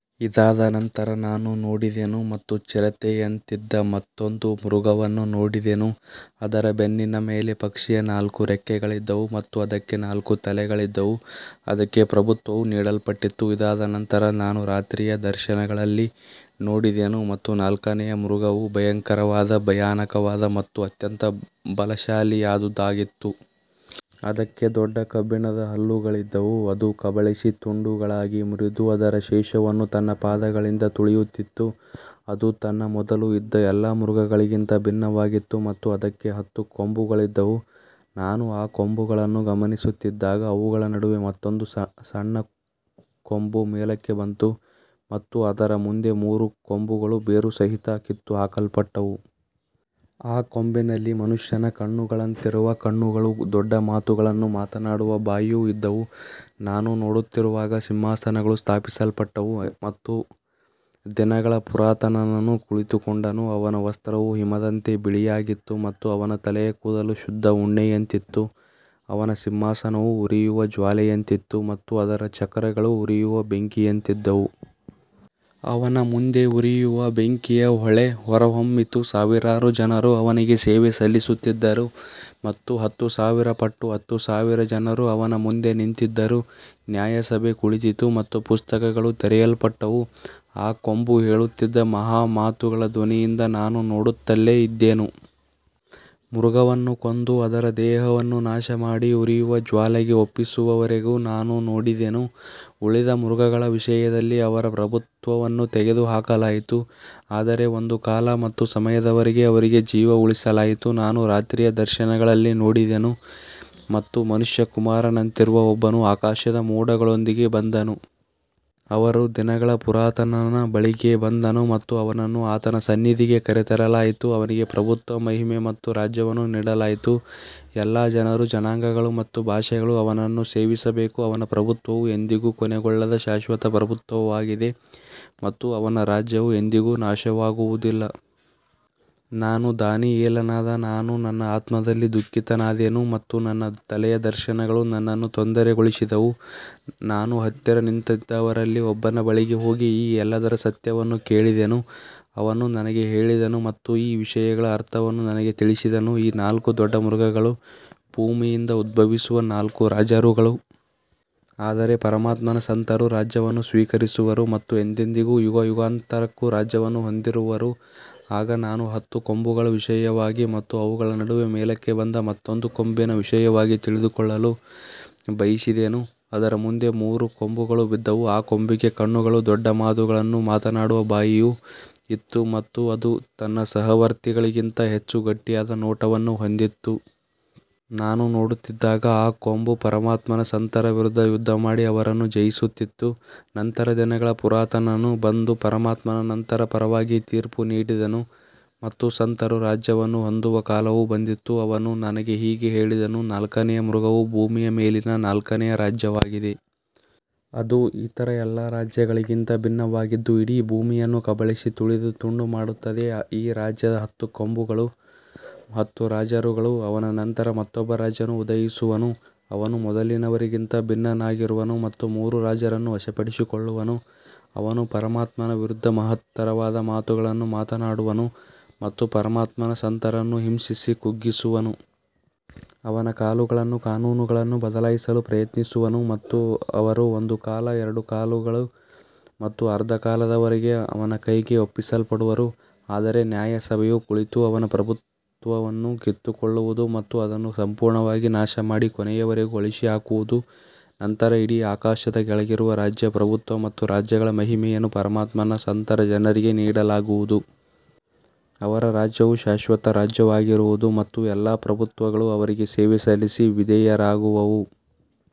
ಇದಾದ ನಂತರ ನಾನು ನೋಡಿದೆನು ಮತ್ತು ಚಿರತೆಯಂತಿದ್ದ ಮತ್ತೊಂದು ಮೃಗವನ್ನು ನೋಡಿದೆನು, ಅದರ ಬೆನ್ನಿನ ಮೇಲೆ ಪಕ್ಷಿಯ ನಾಲ್ಕು ರೆಕ್ಕೆಗಳಿದ್ದವು ಮತ್ತು ಅದಕ್ಕೆ ನಾಲ್ಕು ತಲೆಗಳಿದ್ದವು, ಅದಕ್ಕೆ ಪ್ರಭುತ್ವವು ನೀಡಲ್ಪಟ್ಟಿತು. ಇದಾದ ನಂತರ ನಾನು ರಾತ್ರಿಯ ದರ್ಶನಗಳಲ್ಲಿ ನೋಡಿದೆನು ಮತ್ತು ನಾಲ್ಕನೆಯ ಮೃಗವು ಭಯಂಕರವಾದ, ಭಯಾನಕವಾದ ಮತ್ತು ಅತ್ಯಂತ ಬಲಶಾಲಿಯಾದುದಾಗಿತ್ತು. ಅದಕ್ಕೆ ದೊಡ್ಡ ಕಬ್ಬಿಣದ ಹಲ್ಲುಗಳಿದ್ದವು, ಅದು ಕಬಳಿಸಿ ತುಂಡುಗಳಾಗಿ ಮುರಿದು ಅದರ ಶೇಷವನ್ನು ತನ್ನ ಪಾದಗಳಿಂದ ತುಳಿಯುತ್ತಿತ್ತು. ಅದು ತನ್ನ ಮೊದಲು ಇದ್ದ ಎಲ್ಲಾ ಮೃಗಗಳಿಗಿಂತ ಭಿನ್ನವಾಗಿತ್ತು ಮತ್ತು ಅದಕ್ಕೆ ಹತ್ತು ಕೊಂಬುಗಳಿದ್ದವು. ನಾನು ಆ ಕೊಂಬುಗಳನ್ನು ಗಮನಿಸುತ್ತಿದ್ದಾಗ, ಅವುಗಳ ನಡುವೆ ಮತ್ತೊಂದು ಸಣ್ಣ ಕೊಂಬು ಮೇಲಕ್ಕೆ ಬಂತು ಮತ್ತು ಅದರ ಮುಂದೆ ಮೂರು ಕೊಂಬುಗಳು ಬೇರುಸಹಿತ ಕಿತ್ತುಹಾಕಲ್ಪಟ್ಟವು. ಆ ಕೊಂಬಿನಲ್ಲಿ ಮನುಷ್ಯನ ಕಣ್ಣುಗಳಂತಿರುವ ಕಣ್ಣುಗಳೂ ದೊಡ್ಡ ಮಾತುಗಳನ್ನು ಮಾತನಾಡುವ ಬಾಯಿಯೂ ಇದ್ದವು. ನಾನು ನೋಡುತ್ತಿರುವಾಗ ಸಿಂಹಾಸನಗಳು ಸ್ಥಾಪಿಸಲ್ಪಟ್ಟವು ಮತ್ತು ದಿನಗಳ ಪುರಾತನನು ಕುಳಿತುಕೊಂಡನು. ಅವನ ವಸ್ತ್ರವು ಹಿಮದಂತೆ ಬಿಳಿಯಾಗಿತ್ತು ಮತ್ತು ಅವನ ತಲೆಯ ಕೂದಲು ಶುದ್ಧ ಉಣ್ಣೆಯಂತಿತ್ತು. ಅವನ ಸಿಂಹಾಸನವು ಉರಿಯುವ ಜ್ವಾಲೆಯಂತಿತ್ತು ಮತ್ತು ಅದರ ಚಕ್ರಗಳು ಉರಿಯುವ ಬೆಂಕಿಯಂತಿದ್ದವು. ಅವನ ಮುಂದೆ ಉರಿಯುವ ಬೆಂಕಿಯ ಹೊಳೆ ಹೊರಹೊಮ್ಮಿತು. ಸಾವಿರಾರು ಜನರು ಅವನಿಗೆ ಸೇವೆ ಸಲ್ಲಿಸುತ್ತಿದ್ದರು ಮತ್ತು ಹತ್ತು ಸಾವಿರ ಪಟ್ಟು ಹತ್ತು ಸಾವಿರ ಜನರು ಅವನ ಮುಂದೆ ನಿಂತಿದ್ದರು. ನ್ಯಾಯಸಭೆ ಕುಳಿತಿತು ಮತ್ತು ಪುಸ್ತಕಗಳು ತೆರೆಯಲ್ಪಟ್ಟವು. ಆ ಕೊಂಬು ಹೇಳುತ್ತಿದ್ದ ಮಹಾ ಮಾತುಗಳ ಧ್ವನಿಯಿಂದ ನಾನು ನೋಡುತ್ತಲೇ ಇದ್ದೆನು. ಮೃಗವನ್ನು ಕೊಂದು ಅದರ ದೇಹವನ್ನು ನಾಶಮಾಡಿ ಉರಿಯುವ ಜ್ವಾಲೆಗೆ ಒಪ್ಪಿಸುವವರೆಗೂ ನಾನು ನೋಡಿದೆನು. ಉಳಿದ ಮೃಗಗಳ ವಿಷಯದಲ್ಲಿ ಅವರ ಪ್ರಭುತ್ವವನ್ನು ತೆಗೆದುಹಾಕಲಾಯಿತು, ಆದರೆ ಒಂದು ಕಾಲ ಮತ್ತು ಸಮಯದವರೆಗೆ ಅವರಿಗೆ ಜೀವ ಉಳಿಸಲಾಯಿತು. ನಾನು ರಾತ್ರಿಯ ದರ್ಶನಗಳಲ್ಲಿ ನೋಡಿದೆನು ಮತ್ತು ಮನುಷ್ಯಕುಮಾರನಂತಿರುವ ಒಬ್ಬನು ಆಕಾಶದ ಮೋಡಗಳೊಂದಿಗೆ ಬಂದನು. ಅವನು ದಿನಗಳ ಪುರಾತನನ ಬಳಿಗೆ ಬಂದನು ಮತ್ತು ಅವನನ್ನು ಆತನ ಸನ್ನಿಧಿಗೆ ಕರೆತರಲಾಯಿತು. ಅವನಿಗೆ ಪ್ರಭುತ್ವ, ಮಹಿಮೆ ಮತ್ತು ರಾಜ್ಯವನ್ನು ನೀಡಲಾಯಿತು. ಎಲ್ಲಾ ಜನರು, ಜನಾಂಗಗಳು ಮತ್ತು ಭಾಷೆಗಳು ಅವನನ್ನು ಸೇವಿಸಬೇಕು. ಅವನ ಪ್ರಭುತ್ವವು ಎಂದಿಗೂ ಕೊನೆಗೊಳ್ಳದ ಶಾಶ್ವತ ಪ್ರಭುತ್ವವಾಗಿದೆ ಮತ್ತು ಅವನ ರಾಜ್ಯವು ಎಂದಿಗೂ ನಾಶವಾಗುವುದಿಲ್ಲ. ನಾನು ದಾನಿಯೇಲನಾದ ನಾನು ನನ್ನ ಆತ್ಮದಲ್ಲಿ ದುಃಖಿತನಾದೆನು ಮತ್ತು ನನ್ನ ತಲೆಯ ದರ್ಶನಗಳು ನನ್ನನ್ನು ತೊಂದರೆಗೊಳಿಸಿದವು. ನಾನು ಹತ್ತಿರ ನಿಂತಿದ್ದವರಲ್ಲಿ ಒಬ್ಬನ ಬಳಿಗೆ ಹೋಗಿ ಈ ಎಲ್ಲದರ ಸತ್ಯವನ್ನು ಕೇಳಿದೆನು. ಅವನು ನನಗೆ ಹೇಳಿದನು ಮತ್ತು ಈ ವಿಷಯಗಳ ಅರ್ಥವನ್ನು ನನಗೆ ತಿಳಿಸಿದನು. ಈ ನಾಲ್ಕು ದೊಡ್ಡ ಮೃಗಗಳು ಭೂಮಿಯಿಂದ ಉದ್ಭವಿಸುವ ನಾಲ್ಕು ರಾಜರುಗಳು. ಆದರೆ ಪರಮಾತ್ಮನ ಸಂತರು ರಾಜ್ಯವನ್ನು ಸ್ವೀಕರಿಸುವರು ಮತ್ತು ಎಂದೆಂದಿಗೂ, ಯುಗಯುಗಾಂತರಕ್ಕೂ ರಾಜ್ಯವನ್ನು ಹೊಂದಿರುವರು. ಆಗ ನಾನು ಹತ್ತು ಕೊಂಬುಗಳ ವಿಷಯವಾಗಿ ಮತ್ತು ಅವುಗಳ ನಡುವೆ ಮೇಲಕ್ಕೆ ಬಂದ ಮತ್ತೊಂದು ಕೊಂಬಿನ ವಿಷಯವಾಗಿ ತಿಳಿದುಕೊಳ್ಳಲು ಬಯಸಿದೆನು. ಅದರ ಮುಂದೆ ಮೂರು ಕೊಂಬುಗಳು ಬಿದ್ದವು. ಆ ಕೊಂಬಿಗೆ ಕಣ್ಣುಗಳೂ ದೊಡ್ಡ ಮಾತುಗಳನ್ನು ಮಾತನಾಡುವ ಬಾಯಿಯೂ ಇತ್ತು ಮತ್ತು ಅದು ತನ್ನ ಸಹವರ್ತಿಗಳಿಗಿಂತ ಹೆಚ್ಚು ಗಟ್ಟಿಯಾದ ನೋಟವನ್ನು ಹೊಂದಿತ್ತು. ನಾನು ನೋಡುತ್ತಿದ್ದಾಗ ಆ ಕೊಂಬು ಪರಮಾತ್ಮನ ಸಂತರ ವಿರುದ್ಧ ಯುದ್ಧಮಾಡಿ ಅವರನ್ನು ಜಯಿಸುತ್ತಿತ್ತು. ನಂತರ ದಿನಗಳ ಪುರಾತನನು ಬಂದು ಪರಮಾತ್ಮನ ಸಂತರ ಪರವಾಗಿ ತೀರ್ಪು ನೀಡಿದನು ಮತ್ತು ಸಂತರು ರಾಜ್ಯವನ್ನು ಹೊಂದುವ ಕಾಲವು ಬಂದಿತು. ಅವನು ನನಗೆ ಹೀಗೆ ಹೇಳಿದನು, ನಾಲ್ಕನೆಯ ಮೃಗವು ಭೂಮಿಯ ಮೇಲಿನ ನಾಲ್ಕನೆಯ ರಾಜ್ಯವಾಗಿದೆ. ಅದು ಇತರ ಎಲ್ಲಾ ರಾಜ್ಯಗಳಿಗಿಂತ ಭಿನ್ನವಾಗಿದ್ದು ಇಡೀ ಭೂಮಿಯನ್ನು ಕಬಳಿಸಿ ತುಳಿದು ತುಂಡುಮಾಡುತ್ತದೆ. ಈ ರಾಜ್ಯದ ಹತ್ತು ಕೊಂಬುಗಳು ಹತ್ತು ರಾಜರುಗಳು. ಅವರ ನಂತರ ಮತ್ತೊಬ್ಬ ರಾಜನು ಉದಯಿಸುವನು. ಅವನು ಮೊದಲಿನವರಿಗಿಂತ ಭಿನ್ನನಾಗಿರುವನು ಮತ್ತು ಮೂರು ರಾಜರನ್ನು ವಶಪಡಿಸಿಕೊಳ್ಳುವನು. ಅವನು ಪರಮಾತ್ಮನ ವಿರುದ್ಧ ಮಹತ್ತರವಾದ ಮಾತುಗಳನ್ನು ಮಾತನಾಡುವನು ಮತ್ತು ಪರಮಾತ್ಮನ ಸಂತರನ್ನು ಹಿಂಸಿಸಿ ಕುಗ್ಗಿಸುವನು. ಅವನು ಕಾಲಗಳನ್ನೂ ಕಾನೂನುಗಳನ್ನೂ ಬದಲಾಯಿಸಲು ಪ್ರಯತ್ನಿಸುವನು ಮತ್ತು ಅವರು ಒಂದು ಕಾಲ, ಎರಡು ಕಾಲಗಳು ಮತ್ತು ಅರ್ಧ ಕಾಲದವರೆಗೆ ಅವನ ಕೈಗೆ ಒಪ್ಪಿಸಲ್ಪಡುವರು. ಆದರೆ ನ್ಯಾಯಸಭೆಯು ಕುಳಿತು ಅವನ ಪ್ರಭುತ್ವವನ್ನು ಕಿತ್ತುಕೊಳ್ಳುವುದು ಮತ್ತು ಅದನ್ನು ಸಂಪೂರ್ಣವಾಗಿ ನಾಶಮಾಡಿ ಕೊನೆಯವರೆಗೂ ಅಳಿಸಿಹಾಕುವುದು. ನಂತರ ಇಡೀ ಆಕಾಶದ ಕೆಳಗಿರುವ ರಾಜ್ಯ, ಪ್ರಭುತ್ವ ಮತ್ತು ರಾಜ್ಯಗಳ ಮಹಿಮೆಯನ್ನು ಪರಮಾತ್ಮನ ಸಂತರ ಜನರಿಗೆ ನೀಡಲಾಗುವುದು. ಅವರ ರಾಜ್ಯವು ಶಾಶ್ವತ ರಾಜ್ಯವಾಗಿರುವುದು ಮತ್ತು ಎಲ್ಲಾ ಪ್ರಭುತ್ವಗಳು ಅವರಿಗೆ ಸೇವೆ ಸಲ್ಲಿಸಿ ವಿಧೇಯರಾಗುವವು.